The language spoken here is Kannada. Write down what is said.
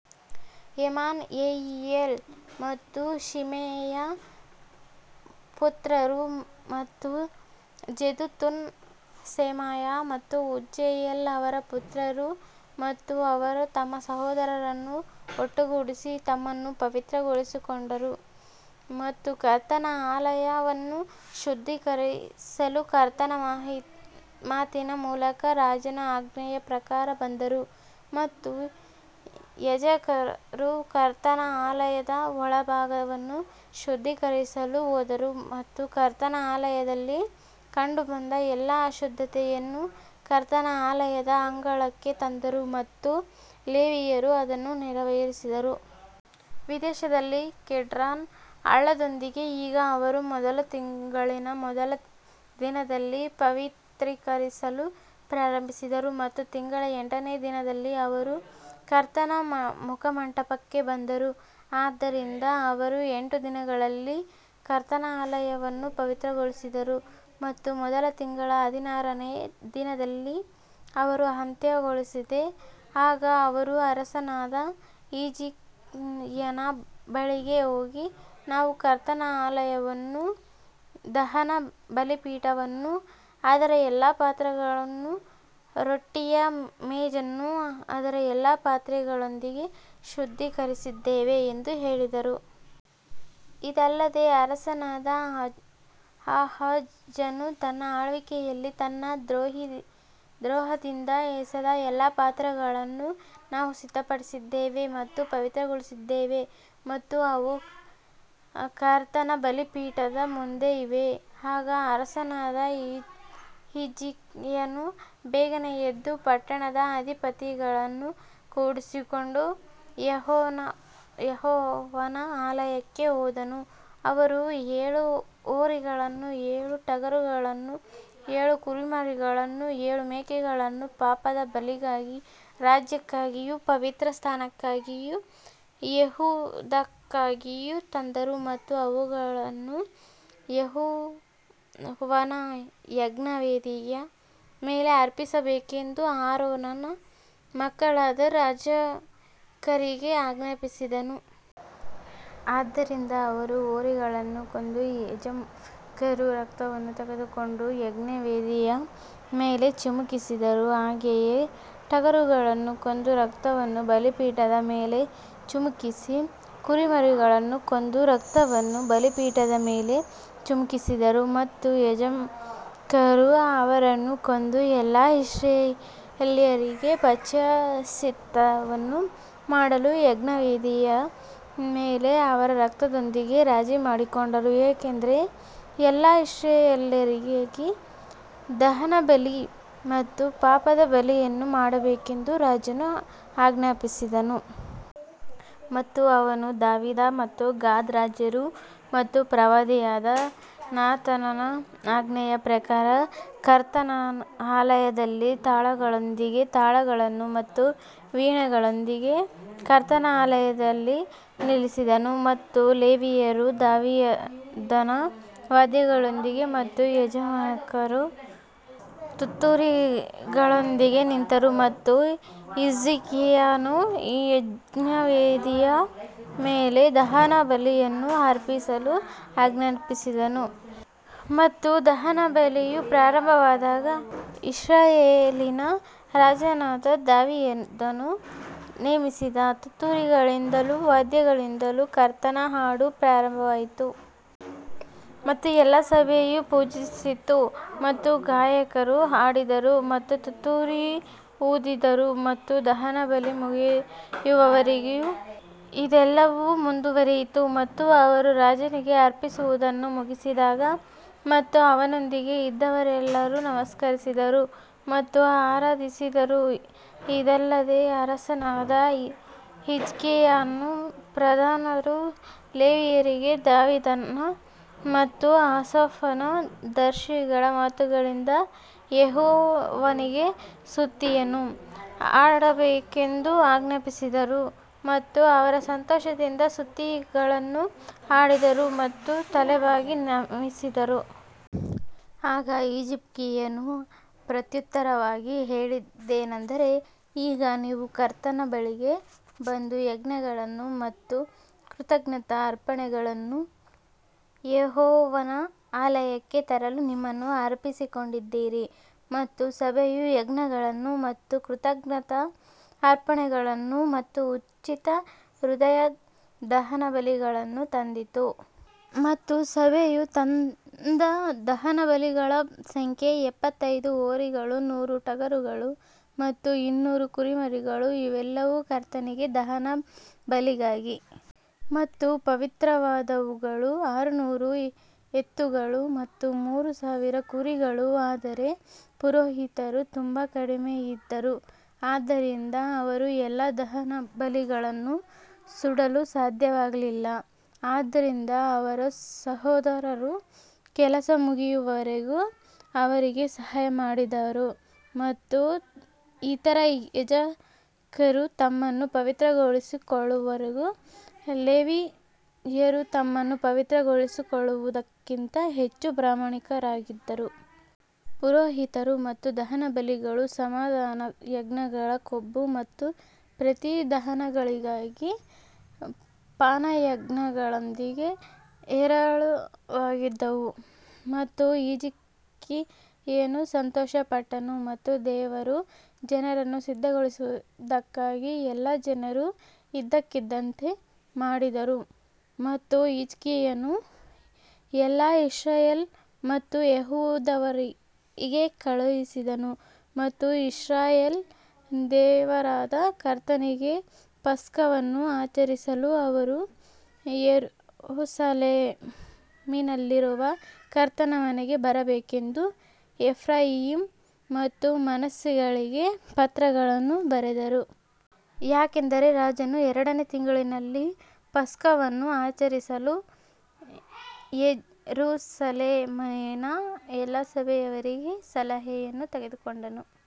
ಹೇಮಾನ್ ಯೆಹಿಯೇಲ್ ಮತ್ತು ಶಿಮೆಯ ಪುತ್ರರು ಮತ್ತು ಜೆದುತುನ್ ಶೆಮಾಯ ಮತ್ತು ಉಜ್ಜೀಯೇಲ್ ಅವರ ಪುತ್ರರು ಮತ್ತು ಅವರು ತಮ್ಮ ಸಹೋದರರನ್ನು ಒಟ್ಟುಗೂಡಿಸಿ ತಮ್ಮನ್ನು ಪವಿತ್ರಗೊಳಿಸಿಕೊಂಡರು ಮತ್ತು ಕರ್ತನ ಆಲಯವನ್ನು ಶುದ್ಧೀಕರಿಸಲು ಕರ್ತನ ಮಾತಿನ ಮೂಲಕ ರಾಜನ ಆಜ್ಞೆಯ ಪ್ರಕಾರ ಬಂದರು. ಮತ್ತು ಯಾಜಕರು ಕರ್ತನ ಆಲಯದ ಒಳಭಾಗವನ್ನು ಶುದ್ಧೀಕರಿಸಲು ಹೋದರು ಮತ್ತು ಕರ್ತನ ಆಲಯದಲ್ಲಿ ಕಂಡುಬಂದ ಎಲ್ಲಾ ಅಶುದ್ಧತೆಯನ್ನು ಕರ್ತನ ಆಲಯದ ಅಂಗಳಕ್ಕೆ ತಂದರು ಮತ್ತು ಲೇವಿಯರು ಅದನ್ನು ನೆರವೇರಿಸಿದರು. ವಿದೇಶದಲ್ಲಿ ಕಿಡ್ರಾನ್ ಹಳ್ಳದೊಳಗೆ ಈಗ ಅವರು ಮೊದಲ ತಿಂಗಳಿನ ಮೊದಲ ದಿನದಲ್ಲಿ ಪವಿತ್ರೀಕರಿಸಲು ಪ್ರಾರಂಭಿಸಿದರು ಮತ್ತು ತಿಂಗಳ ಎಂಟನೇ ದಿನದಲ್ಲಿ ಅವರು ಕರ್ತನ ಮುಖಮಂಟಪಕ್ಕೆ ಬಂದರು, ಆದ್ದರಿಂದ ಅವರು ಎಂಟು ದಿನಗಳಲ್ಲಿ ಕರ್ತನ ಆಲಯವನ್ನು ಪವಿತ್ರಗೊಳಿಸಿದರು ಮತ್ತು ಮೊದಲ ತಿಂಗಳ ಹದಿನಾರನೇ ದಿನದಲ್ಲಿ ಅವರು ಅಂತ್ಯಗೊಳಿಸಿದೆ ಆಗ ಅವರು ಅರಸನಾದ ಹಿಜ್ಕೀಯನ ಬಳಿಗೆ ಹೋಗಿ, ನಾವು ಕರ್ತನ ಆಲಯವನ್ನೂ ದಹನ ಬಲಿಪೀಠವನ್ನೂ ಅದರ ಎಲ್ಲಾ ಪಾತ್ರೆಗಳನ್ನೂ ರೊಟ್ಟಿಯ ಮೇಜನ್ನೂ ಅದರ ಎಲ್ಲಾ ಪಾತ್ರೆಗಳೊಂದಿಗೆ ಶುದ್ಧೀಕರಿಸಿದ್ದೇವೆ ಎಂದು ಹೇಳಿದರು. ಇದಲ್ಲದೆ ಅರಸನಾದ ಆಹಾಜನು ತನ್ನ ಆಳ್ವಿಕೆಯಲ್ಲಿ ತನ್ನ ದ್ರೋಹದಿಂದ ಎಸೆದ ಎಲ್ಲಾ ಪಾತ್ರೆಗಳನ್ನು ನಾವು ಸಿದ್ಧಪಡಿಸಿದ್ದೇವೆ ಮತ್ತು ಪವಿತ್ರಗೊಳಿಸಿದ್ದೇವೆ ಮತ್ತು ಅವು ಕರ್ತನ ಬಲಿಪೀಠದ ಮುಂದೆ ಇವೆ. ಆಗ ಅರಸನಾದ ಹಿಜ್ಕೀಯನು ಬೇಗನೆ ಎದ್ದು ಪಟ್ಟಣದ ಅಧಿಪತಿಗಳನ್ನು ಕೂಡಿಸಿಕೊಂಡು ಯೆಹೋವನ ಆಲಯಕ್ಕೆ ಹೋದನು. ಅವರು ಏಳು ಹೋರಿಗಳನ್ನೂ ಏಳು ಟಗರುಗಳನ್ನೂ ಏಳು ಕುರಿಮರಿಗಳನ್ನೂ ಏಳು ಮೇಕೆಗಳನ್ನೂ ಪಾಪದ ಬಲಿಗಾಗಿ ರಾಜ್ಯಕ್ಕಾಗಿಯೂ ಪವಿತ್ರಸ್ಥಾನಕ್ಕಾಗಿಯೂ ಯೆಹೂದಕ್ಕಾಗಿಯೂ ತಂದರು ಮತ್ತು ಅವುಗಳನ್ನು ಯೆಹೋವನ ಯಜ್ಞವೇದಿಯ ಮೇಲೆ ಅರ್ಪಿಸಬೇಕೆಂದು ಆರೋನನ ಮಕ್ಕಳಾದ ಯಾಜಕರಿಗೆ ಆಜ್ಞಾಪಿಸಿದನು. ಆದ್ದರಿಂದ ಅವರು ಹೋರಿಗಳನ್ನು ಕೊಂದು ಯಾಜಕರು ರಕ್ತವನ್ನು ತೆಗೆದುಕೊಂಡು ಯಜ್ಞವೇದಿಯ ಮೇಲೆ ಚಿಮುಕಿಸಿದರು ಹಾಗೆಯೇ ಟಗರುಗಳನ್ನು ಕೊಂದು ರಕ್ತವನ್ನು ಬಲಿಪೀಠದ ಮೇಲೆ ಚಿಮುಕಿಸಿ ಕುರಿಮರಿಗಳನ್ನೂ ಕೊಂದು ರಕ್ತವನ್ನು ಬಲಿಪೀಠದ ಮೇಲೆ ಚಿಮುಕಿಸಿದರು. ಮತ್ತು ಯಾಜಕರು ಅವರನ್ನು ಕೊಂದು ಎಲ್ಲಾ ಇಸ್ರಾಯೇಲ್ಯರಿಗೆ ಪ್ರಾಯಶ್ಚಿತ್ತವನ್ನು ಮಾಡಲು ಯಜ್ಞವೇದಿಯ ಮೇಲೆ ಅವರ ರಕ್ತದೊಂದಿಗೆ ರಾಜಿ ಮಾಡಿಕೊಂಡರು, ಏಕೆಂದರೆ ಎಲ್ಲಾ ಇಸ್ರಾಯೇಲ್ಯರಿಗಾಗಿ ದಹನಬಲಿ ಮತ್ತು ಪಾಪದ ಬಲಿಯನ್ನು ಮಾಡಬೇಕೆಂದು ರಾಜನು ಆಜ್ಞಾಪಿಸಿದನು. ಮತ್ತು ಅವನು ದಾವೀದ ಮತ್ತು ಗಾದ್ ರಾಜರು ಮತ್ತು ಪ್ರವಾದಿಯಾದ ನಾತಾನನ ಆಜ್ಞೆಯ ಪ್ರಕಾರ ಕರ್ತನ ಆಲಯದಲ್ಲಿ ತಾಳಗಳೊಂದಿಗೆ ತಾಳಗಳನ್ನು ಮತ್ತು ವೀಣೆಗಳೊಂದಿಗೆ ಕರ್ತನ ಆಲಯದಲ್ಲಿ ನಿಲ್ಲಿಸಿದನು. ಮತ್ತು ಲೇವಿಯರು ದಾವೀದನ ವಾದ್ಯಗಳೊಂದಿಗೆ ಮತ್ತು ಯಾಜಕರು ತುತ್ತೂರಿಗಳೊಂದಿಗೆ ನಿಂತರು ಮತ್ತು ಹಿಜ್ಕೀಯನು ಯಜ್ಞವೇದಿಯ ಮೇಲೆ ದಹನಬಲಿಯನ್ನು ಅರ್ಪಿಸಲು ಆಜ್ಞಾಪಿಸಿದನು ಮತ್ತು ದಹನಬಲಿಯು ಪ್ರಾರಂಭವಾದಾಗ ಇಸ್ರಾಯೇಲಿನ ರಾಜನಾದ ದಾವೀದನು ನೇಮಿಸಿದ ತುತ್ತೂರಿಗಳಿಂದಲೂ ವಾದ್ಯಗಳಿಂದಲೂ ಕರ್ತನ ಹಾಡು ಪ್ರಾರಂಭವಾಯಿತು. ಮತ್ತು ಎಲ್ಲಾ ಸಭೆಯು ಪೂಜಿಸಿತು ಮತ್ತು ಗಾಯಕರು ಹಾಡಿದರು ಮತ್ತು ತುತ್ತೂರಿ ಊದಿದರು ಮತ್ತು ದಹನಬಲಿ ಮುಗಿಯುವವರೆಗೂ ಇದೆಲ್ಲವೂ ಮುಂದುವರೆಯಿತು. ಮತ್ತು ಅವರು ರಾಜನಿಗೆ ಅರ್ಪಿಸುವುದನ್ನು ಮುಗಿಸಿದಾಗ ಮತ್ತು ಅವನೊಂದಿಗೆ ಇದ್ದವರೆಲ್ಲರೂ ನಮಸ್ಕರಿಸಿದರು ಮತ್ತು ಆರಾಧಿಸಿದರು ಇದಲ್ಲದೆ ಅರಸನಾದ ಹಿಜ್ಕೀಯನೂ ಪ್ರಧಾನರೂ ಲೇವಿಯರಿಗೆ ದಾವೀದನ ಮತ್ತು ಆಸಾಫನ ದರ್ಶಿಗಳ ಮಾತುಗಳಿಂದ ಯೆಹೋವನಿಗೆ ಸ್ತುತಿಯನ್ನು ಹಾಡಬೇಕೆಂದು ಆಜ್ಞಾಪಿಸಿದರು ಮತ್ತು ಅವರು ಸಂತೋಷದಿಂದ ಸ್ತುತಿಗಳನ್ನು ಹಾಡಿದರು ಮತ್ತು ತಲೆಬಾಗಿ ನಮಿಸಿದರು. ಆಗ ಹಿಜ್ಕೀಯನು ಪ್ರತ್ಯುತ್ತರವಾಗಿ ಹೇಳಿದ್ದೇನಂದರೆ ಈಗ ನೀವು ಕರ್ತನ ಬಳಿಗೆ ಬಂದು ಯಜ್ಞಗಳನ್ನು ಮತ್ತು ಕೃತಜ್ಞತಾ ಅರ್ಪಣೆಗಳನ್ನು ಯೆಹೋವನ ಆಲಯಕ್ಕೆ ತರಲು ನಿಮ್ಮನ್ನು ಅರ್ಪಿಸಿಕೊಂಡಿದ್ದೀರಿ ಮತ್ತು ಸಭೆಯು ಯಜ್ಞಗಳನ್ನು ಮತ್ತು ಕೃತಜ್ಞತಾ ಅರ್ಪಣೆಗಳನ್ನು ಮತ್ತು ಉಚಿತ ಹೃದಯದ ದಹನಬಲಿಗಳನ್ನು ತಂದಿತು. ಮತ್ತು ಸಭೆಯು ತಂದ ದಹನಬಲಿಗಳ ಸಂಖ್ಯೆ ಎಪ್ಪತ್ತೈದು ಹೋರಿಗಳು ನೂರು ಟಗರುಗಳು ಮತ್ತು ಇನ್ನೂರು ಕುರಿಮರಿಗಳು ಇವೆಲ್ಲವೂ ಕರ್ತನಿಗೆ ದಹನಬಲಿಗಾಗಿ. ಮತ್ತು ಪವಿತ್ರವಾದವುಗಳು ಆರುನೂರು ಎತ್ತುಗಳು ಮತ್ತು ಮೂರು ಸಾವಿರ ಕುರಿಗಳು ಆದರೆ ಪುರೋಹಿತರು ತುಂಬಾ ಕಡಿಮೆಯಿದ್ದರು, ಆದ್ದರಿಂದ ಅವರು ಎಲ್ಲಾ ದಹನಬಲಿಗಳನ್ನು ಸುಡಲು ಸಾಧ್ಯವಾಗಲಿಲ್ಲ, ಆದ್ದರಿಂದ ಅವರ ಸಹೋದರರು ಕೆಲಸ ಮುಗಿಯುವವರೆಗೂ ಅವರಿಗೆ ಸಹಾಯ ಮಾಡಿದರು ಮತ್ತು ಇತರ ಯಾಜಕರು ತಮ್ಮನ್ನು ಪವಿತ್ರಗೊಳಿಸಿಕೊಳ್ಳುವವರೆಗೂ ಲೇವಿಯರು ತಮ್ಮನ್ನು ಪವಿತ್ರಗೊಳಿಸಿಕೊಳ್ಳುವುದಕ್ಕಿಂತ ಹೆಚ್ಚು ಪ್ರಾಮಾಣಿಕರಾಗಿದ್ದರು. ಪುರೋಹಿತರು ಮತ್ತು ದಹನಬಲಿಗಳು ಸಮಾಧಾನಯಜ್ಞಗಳ ಕೊಬ್ಬು ಮತ್ತು ಪ್ರತಿ ದಹನಬಲಿಗಾಗಿ ಪಾನಯಜ್ಞಗಳೊಂದಿಗೆ ಹೇರಳವಾಗಿದ್ದವು. ಮತ್ತು ಹಿಜ್ಕೀಯನು ಸಂತೋಷಪಟ್ಟನು ಮತ್ತು ದೇವರು ಜನರನ್ನು ಸಿದ್ಧಗೊಳಿಸಿದ್ದಕ್ಕಾಗಿ ಎಲ್ಲಾ ಜನರು ಇದ್ದಕ್ಕಿದ್ದಂತೆ ಮಾಡಿದರು ಮತ್ತು ಹಿಜ್ಕೀಯನು ಎಲ್ಲಾ ಇಸ್ರಾಯೇಲ್ ಮತ್ತು ಯೆಹೂದದವರಿಗೆ ಕಳುಹಿಸಿದನು ಮತ್ತು ಇಸ್ರಾಯೇಲ್ ದೇವರಾದ ಕರ್ತನಿಗೆ ಪಸ್ಕವನ್ನು ಆಚರಿಸಲು ಅವರು ಯೆರೂಸಲೇಮಿನಲ್ಲಿರುವ ಕರ್ತನ ಮನೆಗೆ ಬರಬೇಕೆಂದು ಎಫ್ರಾಯೀಮ್ ಮತ್ತು ಮನಸ್ಸೆಗಳಿಗೆ ಪತ್ರಗಳನ್ನು ಬರೆದರು. ಯಾಕಂದರೆ ರಾಜನು ಎರಡನೇ ತಿಂಗಳಿನಲ್ಲಿ ಪಸ್ಕವನ್ನು ಆಚರಿಸಲು ಯೆರೂಸಲೇಮಿನ ಎಲ್ಲಾ ಸಭೆಯವರಿಗೆ ಸಲಹೆಯನ್ನು ತೆಗೆದುಕೊಂಡನು.